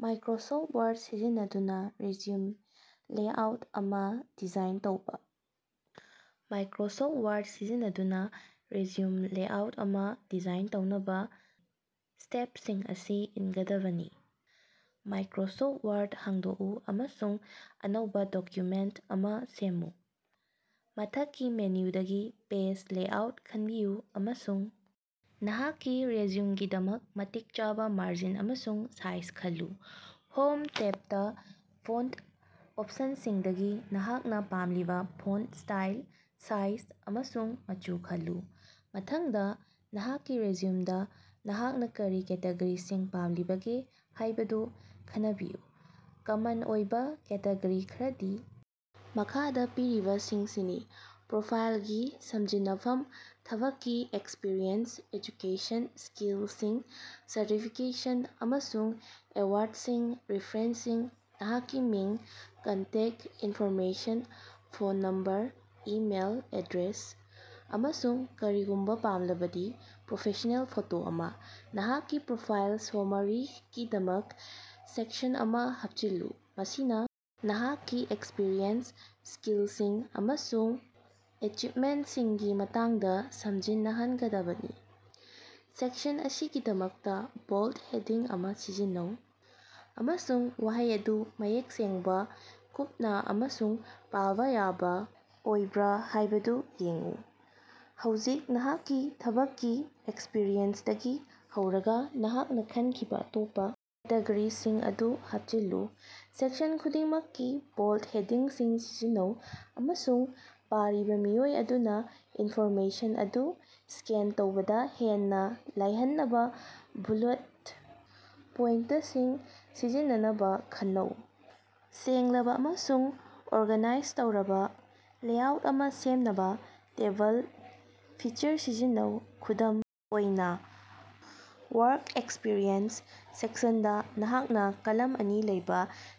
Microsoft Word ꯁꯤꯖꯤꯟꯅꯗꯨꯅ resume layout ꯑꯃ design ꯇꯧꯕ꯫ ꯃꯥꯏꯀ꯭ꯔꯣꯁꯣꯐꯠ ꯋꯥꯔꯗ ꯁꯤꯖꯤꯟꯅꯗꯨꯅ ꯔꯤꯖ꯭ꯌꯨꯝ ꯂꯦꯑꯥꯎꯠ ꯑꯃ ꯗꯤꯖꯥꯏꯟ ꯇꯧꯅꯕ, ꯁ꯭ꯇꯦꯞꯁꯤꯡ ꯑꯁꯤ ꯏꯟꯒꯗꯕꯅꯤ: ꯃꯥꯏꯀ꯭ꯔꯣꯁꯣꯐꯠ ꯋꯥꯔꯗ ꯍꯥꯡꯗꯣꯛꯎ ꯑꯃꯁꯨꯡ ꯑꯅꯧꯕ ꯗꯣꯛꯀꯨꯃꯦꯟꯇ ꯑꯃ ꯁꯦꯝꯃꯨ꯫ ꯃꯊꯛꯀꯤ ꯃꯦꯅꯨꯗꯒꯤ, 'ꯄꯦꯖ ꯂꯦꯑꯥꯎꯠ' ꯈꯟꯕꯤꯌꯨ ꯑꯃꯁꯨꯡ ꯅꯍꯥꯛꯀꯤ ꯔꯤꯖ꯭ꯌꯨꯝꯒꯤꯗꯃꯛ ꯃꯇꯤꯛ ꯆꯥꯕ ꯃꯥꯔꯖꯤꯟ ꯑꯃꯁꯨꯡ ꯁꯥꯏꯖ ꯈꯜꯂꯨ꯫ 'ꯍꯣꯝ' ꯇꯦꯞꯇ, ꯐꯣꯟꯇ ꯑꯣꯞꯁꯟꯁꯤꯡꯗꯒꯤ ꯅꯍꯥꯛꯅ ꯄꯥꯝꯂꯤꯕ ꯐꯣꯟꯇ ꯁ꯭ꯇꯥꯏꯜ, ꯁꯥꯏꯖ ꯑꯃꯁꯨꯡ ꯃꯆꯨ ꯈꯜꯂꯨ꯫ ꯃꯊꯪꯗ, ꯅꯍꯥꯛꯀꯤ ꯔꯤꯖ꯭ꯌꯨꯝꯗ ꯅꯍꯥꯛꯅ ꯀꯔꯤ ꯀꯦꯇꯦꯒꯣꯔꯤꯁꯤꯡ ꯄꯥꯝꯂꯤꯕꯒꯦ ꯍꯥꯌꯕꯗꯨ ꯈꯟꯅꯕꯤꯌꯨ꯫ ꯀꯃꯟ ꯑꯣꯏꯕ ꯀꯦꯇꯦꯒꯣꯔꯤ ꯈꯔꯗꯤ ꯃꯈꯥꯗ ꯄꯤꯔꯤꯕꯁꯤꯡꯁꯤꯅꯤ: ꯄ꯭ꯔꯣꯐꯥꯏꯜꯒꯤ ꯁꯝꯖꯤꯟꯅꯐꯝ ꯊꯕꯛꯀꯤ ꯑꯦꯛꯁꯄꯤꯔꯤꯑꯦꯟꯁ ꯑꯦꯖꯨꯀꯦꯁꯟ ꯁ꯭ꯀꯤꯜꯁꯤꯡ ꯁꯔꯇꯤꯐꯤꯀꯦꯁꯟ ꯑꯃꯁꯨꯡ ꯑꯦꯋꯥꯔꯗꯁꯤꯡ ꯔꯤꯐ꯭ꯔꯦꯟꯁꯁꯤꯡ ꯅꯍꯥꯛꯀꯤ ꯃꯤꯡ, contact information (phone number, email, address), ꯑꯃꯁꯨꯡ ꯀꯔꯤꯒꯨꯝꯕ ꯄꯥꯝꯂꯕꯗꯤ, ꯄ꯭ꯔꯣꯐꯦꯁ꯭ꯅꯦꯜ ꯐꯣꯇꯣ ꯑꯃ꯫ ꯅꯍꯥꯛꯀꯤ ꯄ꯭ꯔꯣꯐꯥꯏꯜ ꯁꯣꯃꯥꯔꯤꯒꯤꯗꯃꯛ ꯁꯦꯛꯁꯟ ꯑꯃ ꯍꯥꯞꯆꯤꯜꯂꯨ꯫ ꯃꯁꯤꯅ ꯅꯍꯥꯛꯀꯤ ꯑꯦꯛꯁꯄꯤꯔꯤꯌꯦꯟꯁ, ꯁ꯭ꯀꯤꯜꯁꯤꯡ ꯑꯃꯁꯨꯡ ꯑꯦꯆꯤꯄꯃꯦꯟꯇꯁꯤꯡꯒꯤ ꯃꯇꯥꯡꯗ ꯁꯝꯖꯤꯟꯅꯍꯟꯒꯗꯕꯅꯤ꯫ ꯁꯦꯛꯁꯟ ꯑꯁꯤꯒꯤꯗꯃꯛꯇ ꯕꯣꯜꯗ ꯍꯦꯗꯤꯡ ꯑꯃ ꯁꯤꯖꯤꯟꯅꯧ, ꯑꯃꯁꯨꯡ ꯋꯥꯍꯩ ꯑꯗꯨ ꯃꯌꯦꯛ ꯁꯦꯡꯕ, ꯀꯨꯞꯅ ꯑꯃꯁꯨꯡ ꯄꯥꯕ ꯌꯥꯕ ꯑꯣꯏꯕ꯭ꯔ ꯍꯥꯌꯕꯗꯨ ꯌꯦꯡꯎ꯫ ꯍꯧꯖꯤꯛ ꯅꯍꯥꯛꯀꯤ ꯊꯕꯛꯀꯤ ꯑꯦꯛꯁꯄꯤꯔꯤꯌꯦꯟꯁꯇꯒꯤ ꯍꯧꯔꯒ ꯅꯍꯥꯛꯅ ꯈꯟꯈꯤꯕ ꯑꯇꯣꯞꯄ ꯀꯦꯇꯦꯒꯣꯔꯤꯁꯤꯡ ꯑꯗꯨ ꯍꯥꯞꯆꯤꯜꯂꯨ꯫ ꯁꯦꯛꯁꯟ ꯈꯨꯗꯤꯡꯃꯛꯀꯤ ꯕꯣꯜꯗ ꯍꯦꯗꯤꯡꯁꯤꯡ ꯁꯤꯖꯤꯟꯅꯧ, ꯑꯃꯁꯨꯡ ꯄꯥꯔꯤꯕ ꯃꯤꯑꯣꯏ ꯑꯗꯨꯅ ꯏꯟꯐꯣꯔꯃꯦꯁꯟ ꯑꯗꯨ ꯁ꯭ꯀꯦꯟ ꯇꯧꯕꯗ ꯍꯦꯟꯅ ꯂꯥꯌꯍꯟꯅꯕ ꯕꯨꯂꯦꯠ ꯄꯣꯏꯟꯇꯁꯤꯡ ꯁꯤꯖꯤꯟꯅꯅꯕ ꯈꯟꯅꯧ꯫ ꯁꯦꯡꯂꯕ ꯑꯃꯁꯨꯡ ꯑꯣꯔꯒꯥꯅꯥꯏꯖ ꯇꯧꯔꯕ ꯂꯦꯑꯥꯎꯠ ꯑꯃ ꯁꯦꯝꯅꯕ 'ꯇꯦꯕꯜ' ꯐꯤꯆꯔ ꯁꯤꯖꯤꯟꯅꯧ꯫ ꯈꯨꯗꯝ ꯑꯣꯏꯅ, 'ꯋꯥꯔꯛ ꯑꯦꯛꯁꯄꯤꯔꯤꯑꯦꯟꯁ' ꯁꯦꯛꯁꯟꯗ, ꯅꯍꯥꯛꯅ ꯀꯂꯝ ꯑꯅꯤ ꯂꯩꯕ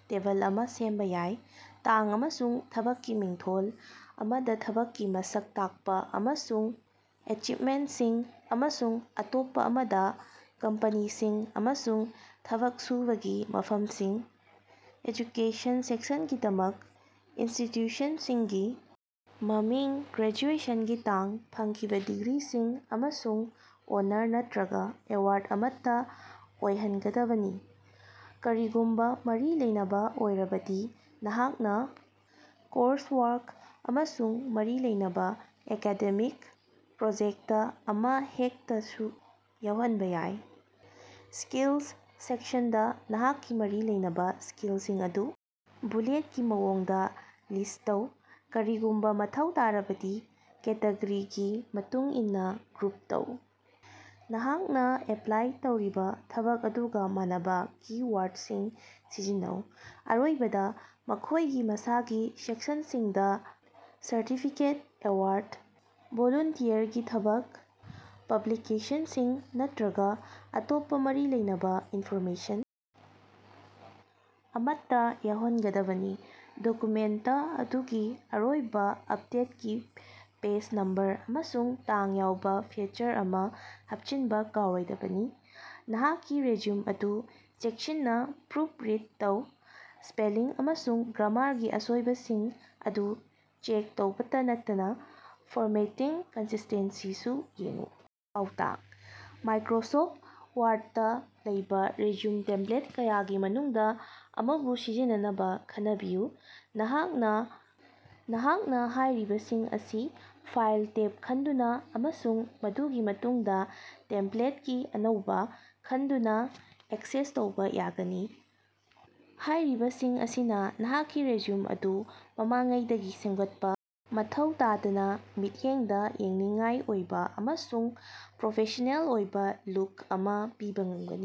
ꯇꯦꯕꯜ ꯑꯃ ꯁꯦꯝꯕ ꯌꯥꯏ: ꯇꯥꯡ ꯑꯃꯁꯨꯡ ꯊꯕꯛꯀꯤ ꯃꯤꯡꯊꯣꯜ, ꯑꯃꯗ ꯊꯕꯛꯀꯤ ꯃꯁꯛ ꯇꯥꯛꯄ, ꯑꯃꯁꯨꯡ ꯑꯦꯆꯤꯞꯃꯦꯟꯇꯁꯤꯡ, ꯑꯃꯁꯨꯡ ꯑꯇꯣꯞꯄ ꯑꯃꯗ ꯀꯝꯄꯅꯤꯁꯤꯡ ꯑꯃꯁꯨꯡ ꯊꯕꯛ ꯁꯨꯕꯒꯤ ꯃꯐꯝꯁꯤꯡ꯫ 'ꯑꯦꯖꯨꯀꯦꯁꯟ' ꯁꯦꯛꯁꯟꯒꯤꯗꯃꯛ, ꯏꯟꯁꯇꯤꯇ꯭ꯌꯨꯁꯟꯁꯤꯡꯒꯤ ꯃꯃꯤꯡ, ꯒ꯭ꯔꯦꯖꯨꯑꯦꯁꯟꯒꯤ ꯇꯥꯡ, ꯐꯪꯈꯤꯕ ꯗꯤꯒ꯭ꯔꯤꯁꯤꯡ, ꯑꯃꯁꯨꯡ ꯑꯣꯅꯔ ꯅꯇ꯭ꯔꯒ ꯑꯦꯋꯥꯔꯗ ꯑꯃꯠꯇ ꯌꯥꯑꯣꯍꯟꯒꯗꯕꯅꯤ꯫ ꯀꯔꯤꯒꯨꯝꯕ ꯃꯔꯤ ꯂꯩꯅꯕ ꯑꯣꯏꯔꯕꯗꯤ, ꯅꯍꯥꯛꯅ ꯀꯣꯔꯁꯋꯥꯔꯛ ꯑꯃꯁꯨꯡ ꯃꯔꯤ ꯂꯩꯅꯕ ꯑꯦꯀꯥꯗꯦꯃꯤꯛ ꯄ꯭ꯔꯣꯖꯦꯛꯇ ꯑꯃ ꯍꯦꯛꯇꯁꯨ ꯌꯥꯎꯍꯟꯕ ꯌꯥꯏ꯫ 'ꯁ꯭ꯀꯤꯜꯁ' ꯁꯦꯛꯁꯟꯗ, ꯅꯍꯥꯛꯀꯤ ꯃꯔꯤ ꯂꯩꯅꯕ ꯁ꯭ꯀꯤꯜꯁꯤꯡ ꯑꯗꯨ ꯕꯨꯂꯦꯠꯀꯤ ꯃꯑꯣꯡꯗ ꯂꯤꯁ꯭ꯠ ꯇꯧ, ꯀꯔꯤꯒꯨꯝꯕ ꯃꯊꯧ ꯇꯥꯔꯕꯗꯤ ꯀꯦꯇꯦꯒꯣꯔꯤꯒꯤ ꯃꯇꯨꯡꯏꯟꯅ ꯒ꯭ꯔꯨꯞ ꯇꯧ꯫ ꯅꯍꯥꯛꯅ ꯑꯦꯄ꯭ꯂꯥꯏ ꯇꯧꯔꯤꯕ ꯊꯕꯛ ꯑꯗꯨꯒ ꯃꯥꯟꯅꯕ ꯀꯤ-ꯋꯥꯔꯗꯁꯤꯡ ꯁꯤꯖꯤꯟꯅꯧ꯫ ꯑꯔꯣꯏꯕꯗ, ꯃꯈꯣꯌꯒꯤ ꯃꯁꯥꯒꯤ ꯁꯦꯛꯁꯟꯁꯤꯡꯗ ꯁꯔꯇꯤꯐꯤꯀꯦꯠ, ꯑꯦꯋꯥꯔꯗ, ꯚꯣꯂꯨꯟꯇꯤꯌꯔꯒꯤ ꯊꯕꯛ, ꯄꯕ꯭ꯂꯤꯀꯦꯁꯟꯁꯤꯡ, ꯅꯠꯇ꯭ꯔꯒ ꯑꯇꯣꯞꯄ ꯃꯔꯤ ꯂꯩꯅꯕ ꯏꯟꯐꯣꯔꯃꯦꯁꯟ ꯑꯃꯠꯇ ꯌꯥꯑꯣꯍꯟꯒꯗꯕꯅꯤ꯫ ꯗꯣꯛꯀꯨꯃꯦꯟꯇ ꯑꯗꯨꯒꯤ ꯑꯔꯣꯏꯕ ꯑꯞꯗꯦꯠꯀꯤ ꯄꯦꯖ ꯅꯝꯕꯔ ꯑꯃꯁꯨꯡ ꯇꯥꯡ ꯌꯥꯎꯕ ꯐ꯭ꯌꯆꯔ ꯑꯃ ꯍꯥꯞꯆꯤꯟꯕ ꯀꯥꯎꯔꯣꯏꯗꯕꯅꯤ꯫ ꯅꯍꯥꯛꯀꯤ ꯔꯤꯖ꯭ꯌꯨꯝ ꯑꯗꯨ ꯆꯦꯛꯁꯤꯟꯅ ꯄ꯭ꯔꯨꯐ ꯔꯤꯗ ꯇꯧ, ꯁ꯭ꯄꯦꯂꯤꯡ ꯑꯃꯁꯨꯡ ꯒ꯭ꯔꯥꯃꯥꯔꯒꯤ ꯑꯁꯣꯏꯕꯁꯤꯡ ꯑꯗꯨ ꯆꯦꯛ ꯇꯧꯕꯇ ꯅꯠꯇꯅ ꯐꯣꯔꯃꯦꯇꯤꯡ ꯀꯟꯁꯤꯁ꯭ꯇꯦꯟꯁꯤꯁꯨ ꯌꯦꯡꯎ꯫ ꯄꯥꯎꯇꯥꯛ: ꯃꯥꯏꯀ꯭ꯔꯣꯁꯣꯐꯠ ꯋꯥꯔꯗꯇ ꯂꯩꯕꯥ ꯔꯤꯖ꯭ꯌꯨꯝ ꯇꯦꯝꯄ꯭ꯂꯦꯠ ꯀꯌꯥꯒꯤ ꯃꯅꯨꯡꯗ ꯑꯃꯕꯨ ꯁꯤꯖꯤꯟꯅꯅꯕ ꯈꯟꯅꯕꯤꯌꯨ꯫ ꯅꯍꯥꯛꯅ ꯍꯥꯌꯔꯤꯕꯁꯤꯡ ꯑꯁꯤ 'ꯐꯥꯏꯜ' ꯇꯦꯕ ꯈꯟꯗꯨꯅ ꯑꯃꯁꯨꯡ ꯃꯗꯨꯒꯤ ꯃꯇꯨꯡꯗ 'ꯇꯦꯝꯄ꯭ꯂꯦꯠꯇꯒꯤ ꯑꯅꯧꯕ' ꯈꯟꯗꯨꯅ ꯑꯦꯛꯁꯦꯁ ꯇꯧꯕ ꯌꯥꯒꯅꯤ꯫ ꯍꯥꯌꯔꯤꯕꯁꯤꯡ ꯑꯁꯤꯅ ꯅꯍꯥꯛꯀꯤ ꯔꯤꯖ꯭ꯌꯨꯝ ꯑꯗꯨ ꯃꯃꯥꯡꯉꯩꯗꯒꯤ ꯁꯦꯝꯒꯠꯄ ꯃꯊꯧ ꯇꯥꯗꯅ ꯃꯤꯠꯌꯦꯡꯗ ꯌꯦꯡꯅꯤꯡꯉꯥꯏ ꯑꯣꯏꯕ ꯑꯃꯁꯨꯡ ꯄ꯭ꯔꯣꯐꯦꯁ꯭ꯅꯦꯜ ꯑꯣꯏꯕ ꯂꯨꯛ ꯑꯃ ꯄꯤꯕ ꯉꯝꯒꯅꯤ꯫"